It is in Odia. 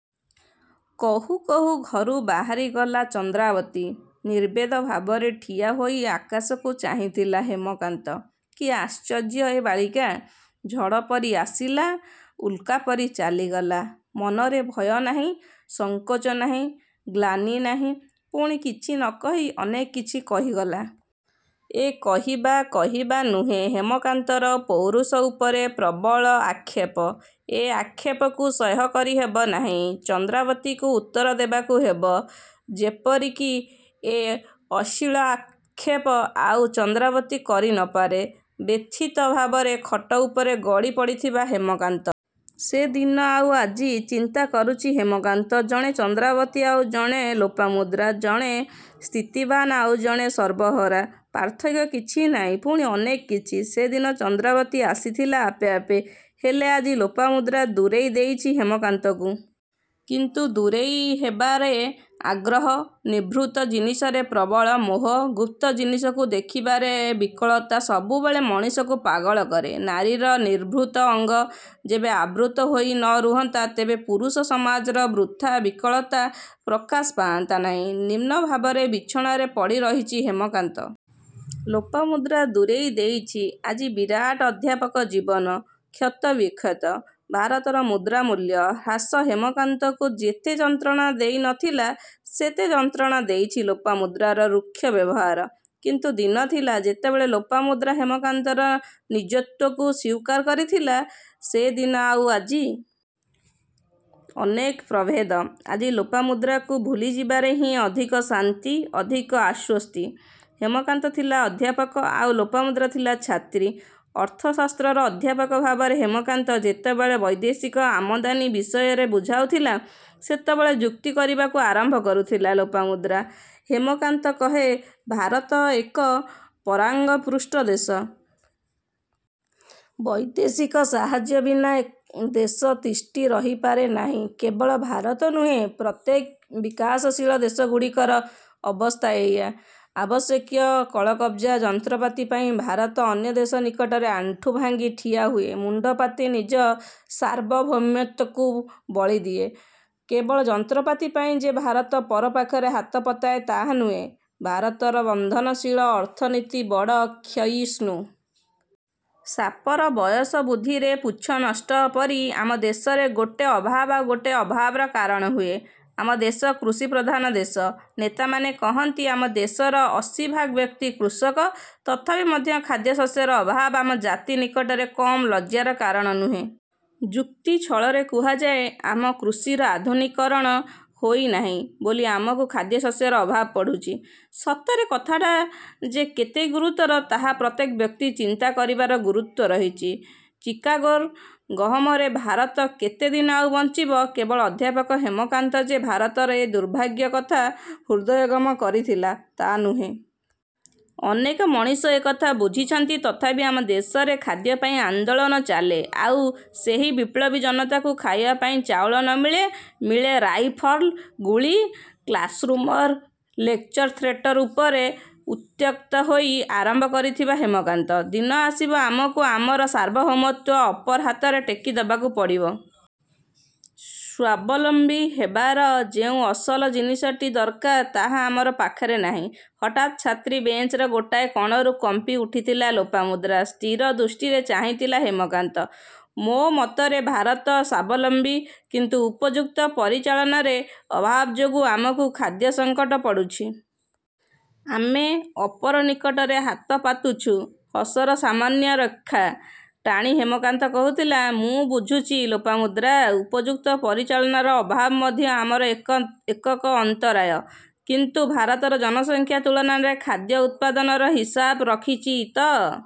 କହୁ କହୁ ଘରୁ ବାହାରିଗଲା ଚନ୍ଦ୍ରାବତୀ। ନିର୍ବେଦ ଭାବରେ ଠିଆ ହୋଇ ଆକାଶକୁ ଚାହିଁଥିଲା ହେମକାନ୍ତ। କି ଆଶ୍ଚର୍ଯ୍ୟ ଏ ବାଳିକା? ଝଡ଼ ପରି ଆସିଲା.. ଉଲ୍କା ପରି ଚାଲିଗଲା। ମନରେ ଭୟ ନାହିଁ, ସଙ୍କୋଚ ନାହିଁ, ଗ୍ଳାନି ନାହିଁ। ପୁଣି କିଛି ନ କହି ଅନେକ କିଛି କହିଗଲା। ଏ କହିବା କହିବା ନୁହେଁ, ହେମକାନ୍ତର ପୌରୁଷ ଉପରେ ପ୍ରବଳ ଆକ୍ଷେପ। ଏ ଆକ୍ଷେପକୁ ସହ୍ୟ କରି ହେବ ନାହିଁ। ଚନ୍ଦ୍ରାବତୀକୁ ଉତ୍ତର ଦେବାକୁ ହେବ। ଯେପରି କି ଏ ଅଶ୍ଳୀଳ ଆକ୍ଷେପ ଆଉ ଚନ୍ଦ୍ରାବତୀ କରି ନ ପାରେ। ବ୍ୟଥିତ ଭାବରେ ଖଟ ଉପରେ ଗଡ଼ି ପଡ଼ିଥିବା ହେମକାନ୍ତ..। ସେ ଦିନ ଆଉ ଆଜି। ଚିନ୍ତା କରୁଛି ହେମକାନ୍ତ। ଜଣେ ଚନ୍ଦ୍ରାବତୀ ଆଉ ଜଣେ ଲୋପାମୁଦ୍ରା, ଜଣେ ସ୍ଥିତିବାନ ଆଉ ଜଣେ ସର୍ବହରା। ପାର୍ଥକ୍ୟ କିଛି ନାହିଁ, ପୁଣି ଅନେକ କିଛି। ସେ ଦିନ ଚନ୍ଦ୍ରାବତୀ ଆସିଥିଲା ଆପେ ଆପେ। ହେଲେ ଆଜି ଲୋପାମୁଦ୍ରା ଦୂରେଇ ଦେଇଛି ହେମକାନ୍ତକୁ। କିନ୍ତୁ ଦୂରେଇ ହେବାରେ ଆଗ୍ରହ। ନିଭୃତ ଜିନିଷରେ ପ୍ରବଳ ମୋହ, ଗୁପ୍ତ ଜିନିଷକୁ ଦେଖିବାରେ ବିକଳତା ସବୁବେଳେ ମଣିଷକୁ ପାଗଳ କରେ। ନାରୀର ନିଭୃତ ଅଙ୍ଗ ଯେବେ ଆବୃତ ହୋଇ ନ ରୁହନ୍ତା ତେବେ ପୁରୁଷ ସମାଜର ବୃଥା ବିକଳତା ପ୍ରକାଶ ପାଆନ୍ତା ନାହିଁ। ନିମ୍ନ ଭାବରେ ବିଛଣାରେ ପଡ଼ି ରହିଛି ହେମକାନ୍ତ। ଲୋପାମୁଦ୍ରା ଦୂରେଇ ଦେଇଛି। ଆଜି ବିରାଟ ଅଧ୍ୟାପକ ଜୀବନ କ୍ଷତବିକ୍ଷତ। ଭାରତର ମୁଦ୍ରାମୂଲ୍ୟ ହ୍ରାସ ହେମକାନ୍ତକୁ ଯେତେ ଯନ୍ତ୍ରଣା ଦେଇ ନ ଥିଲା, ସେତେ ଯନ୍ତ୍ରଣା ଦେଇଛି ଲୋପାମୁଦ୍ରାର ରୁକ୍ଷ ବ୍ୟବହାର। କିନ୍ତୁ ଦିନ ଥିଲା, ଯେତେବେଳେ ଲୋପାମୁଦ୍ରା ହେମକାନ୍ତର ନିଜତ୍ୱକୁ ସ୍ୱୀକାର କରିଥିଲା। ସେ ଦିନ ଆଉ ଆଜି.. ଅନେକ ପ୍ରଭେଦ। ଆଜି ଲୋପାମୁଦ୍ରାକୁ ଭୁଲିଯିବାରେ ହିଁ ଅଧିକ ଶାନ୍ତି, ଅଧିକ ଆଶ୍ୱସ୍ତି। ହେମକାନ୍ତ ଥିଲା ଅଧ୍ୟାପକ ଆଉ ଲୋପାମୁଦ୍ରା ଥିଲା ଛାତ୍ରୀ। ଅର୍ଥଶାସ୍ତ୍ରର ଅଧ୍ୟାପକ ଭାବରେ ହେମକାନ୍ତ ଯେତେବେଳେ ବୈଦେଶିକ ଆମଦାନୀ ବିଷୟରେ ବୁଝାଉଥିଲା-ସେତେବେଳେ ଯୁକ୍ତି କରିବାକୁ ଆରମ୍ଭ କରୁଥିଲା ଲୋପାମୁଦ୍ରା। ହେମକାନ୍ତ କହେ-ଭାରତ ଏକ ପରାଙ୍ଗପୃଷ୍ଟ ଦେଶ। ବୈଦେଶିକ ସାହାର୍ଯ୍ୟ ବିନା ଏ ଦେଶ ତିଷ୍ଠି ରହିପାରେ ନାହିଁ। କେବଳ ଭାରତ ନୁହେଁ-ପ୍ରତ୍ୟେକ ବିକାଶଶୀଳ ଦେଶଗୁଡ଼ିକର ଅବସ୍ଥା ଏଇଆ। ଆବଶ୍ୟକୀୟ କଳକବ୍ଜା, ଯନ୍ତ୍ରପାତି ପାଇଁ ଭାରତ ଅନ୍ୟ ଦେଶ ନିକଟରେ ଆଣ୍ଠୁ ଭାଙ୍ଗି ଠିଆ ହୁଏ। ମୁଣ୍ଡପାତି ନିଜ ସାର୍ବଭୌମତ୍ୱକୁ ବଳିଦିଏ। କେବଳ ଯନ୍ତ୍ରପାତି ପାଇଁ ଯେ ଭାରତ ପର ପାଖରେ ହାତ ପତାଏ ତାହା ନୁହେଁ, ଭାରତର ବର୍ଦ୍ଧନଶୀଳ ଅର୍ଥନୀତି ବଡ଼ କ୍ଷୟିଷ୍ଣୁ। ସାପର ବୟସ ବୃଦ୍ଧିରେ ପୃଚ୍ଛ ନଷ୍ଟ ପରି ଆମ ଦେଶରେ ଗୋଟିଏ ଅଭାବ ଆଉ ଗୋଟିଏ ଅଭାବର କାରଣ ହୁଏ। ଆମ ଦେଶ କୃଷିପ୍ରଧାନ ଦେଶ। ନେତାମାନେ କହନ୍ତି ଆମ ଦେଶର ଅଶୀଭାଗ ବ୍ୟକ୍ତି କୃଷକ। ତଥାପି ମଧ୍ୟ ଖାଦ୍ୟଶସ୍ୟର ଅଭାବ ଆମ ଜାତି ନିକଟରେ କମ୍ ଲଜ୍ଜାର କାରଣ ନୁହେଁ। ଯୁକ୍ତି ଛଳରେ କୁହାଯାଏ-ଆମ କୃଷିର ଆଧୁନିକୀକରଣ ହୋଇ ନାହିଁ ବୋଲି ଆମକୁ ଖାଦ୍ୟଶସ୍ୟର ଅଭାବ ପଡ଼ୁଛି। ସତରେ କଥାଟା ଯେ କେତେ ଗୁରୁତର, ତାହା ପ୍ରତ୍ୟେକ ବ୍ୟକ୍ତି ଚିନ୍ତା କରିବାର ଗୁରୁତ୍ୱ ରହିଛି। ଚିକାଗୋର ଗହମରେ ଭାରତ କେତେ ଦିନ ଆଉ ବଞ୍ଚିବ? କେବଳ ଅଧ୍ୟାପକ ହେମକାନ୍ତ ଯେ ଭାରତର ଏ ଦୁର୍ଭାଗ୍ୟ କଥା ହୃଦୟଙ୍ଗମ କରିଥିଲା ତା' ନୁହେଁ। ଅନେକ ମଣିଷ ଏ କଥା ବୁଝିଛନ୍ତି। ତଥାପି ଆମ ଦେଶରେ ଖାଦ୍ୟପାଇଁ ଆନ୍ଦୋଳନ ଚାଲେ। ଆଉ ସେହି ବିଳ୍ପବୀ ଜନତାକୁ ଖାଇବା ପାଇଁ ଚାଉଳ ନ ମିଳେ, ମିଳେ ରାଇଫଲ୍ର ଗୁଳି। କ୍ଲାସ୍ରୁମର ଲେକ୍ଚର ଥେଟର ଉପରେ ଉତ୍ତ୍ୟକ୍ତ ହୋଇ ଆରମ୍ଭ କରିଥିଲା ହେମକାନ୍ତ- ଦିନ ଆସିବ, ଆମକୁ ଆମର ସାର୍ବଭୌମତ୍ୱ ଅପର ହାତରେ ଟେକିଦେବାକୁ ପଡ଼ିବ। ସ୍ୱାବଲମ୍ବୀ ହେବାର ଯେଉଁ ଅସଲ ଜିନିଷଟି ଦରକାର, ତାହା ଆମ ପାଖରେ ନାହିଁ। ହଠାତ୍ ଛାତ୍ରୀ ବେଞ୍ଚର ଗୋଟାଏ କଣରୁ କମ୍ପି ଉଠିଥିଲା ଲୋପାମୁଦ୍ରା। ସ୍ଥିର ଦୃଷ୍ଟିରେ ଚାହିଁଥିଲା ହେମକାନ୍ତ। -ମୋ ମତରେ ଭାରତ ସ୍ୱାବଲମ୍ବୀ। କିନ୍ତୁ ଉପଯୁକ୍ତ ପରିଚାଳନାରେ ଅଭାବ ଯୋଗୁଁ ଆମକୁ ଖାଦ୍ୟସଙ୍କଟ ପଡ଼ୁଛି। ଆମେ ଅପର ନିକଟରେ ହାତ ପାତୁଛୁ। ହସର ସାମାନ୍ୟ ରେଖା ଟାଣି ହେମକାନ୍ତ କହିଥିଲା ମୁଁ ବୁଝୁଛି ଲୋପମୁଦ୍ରା। ଉପଯୁକ୍ତ ପରିଚାଳନାର ଅଭାବ ମଧ୍ୟ ଆମର ଏକକ ଅନ୍ତରାୟ। କିନ୍ତୁ ଭାରତର ଜନସଂଖ୍ୟା ତୁଳନାରେ ଖାଦ୍ୟ ଉତ୍ପାଦନର ହିସାବ ରଖିଛି ତ?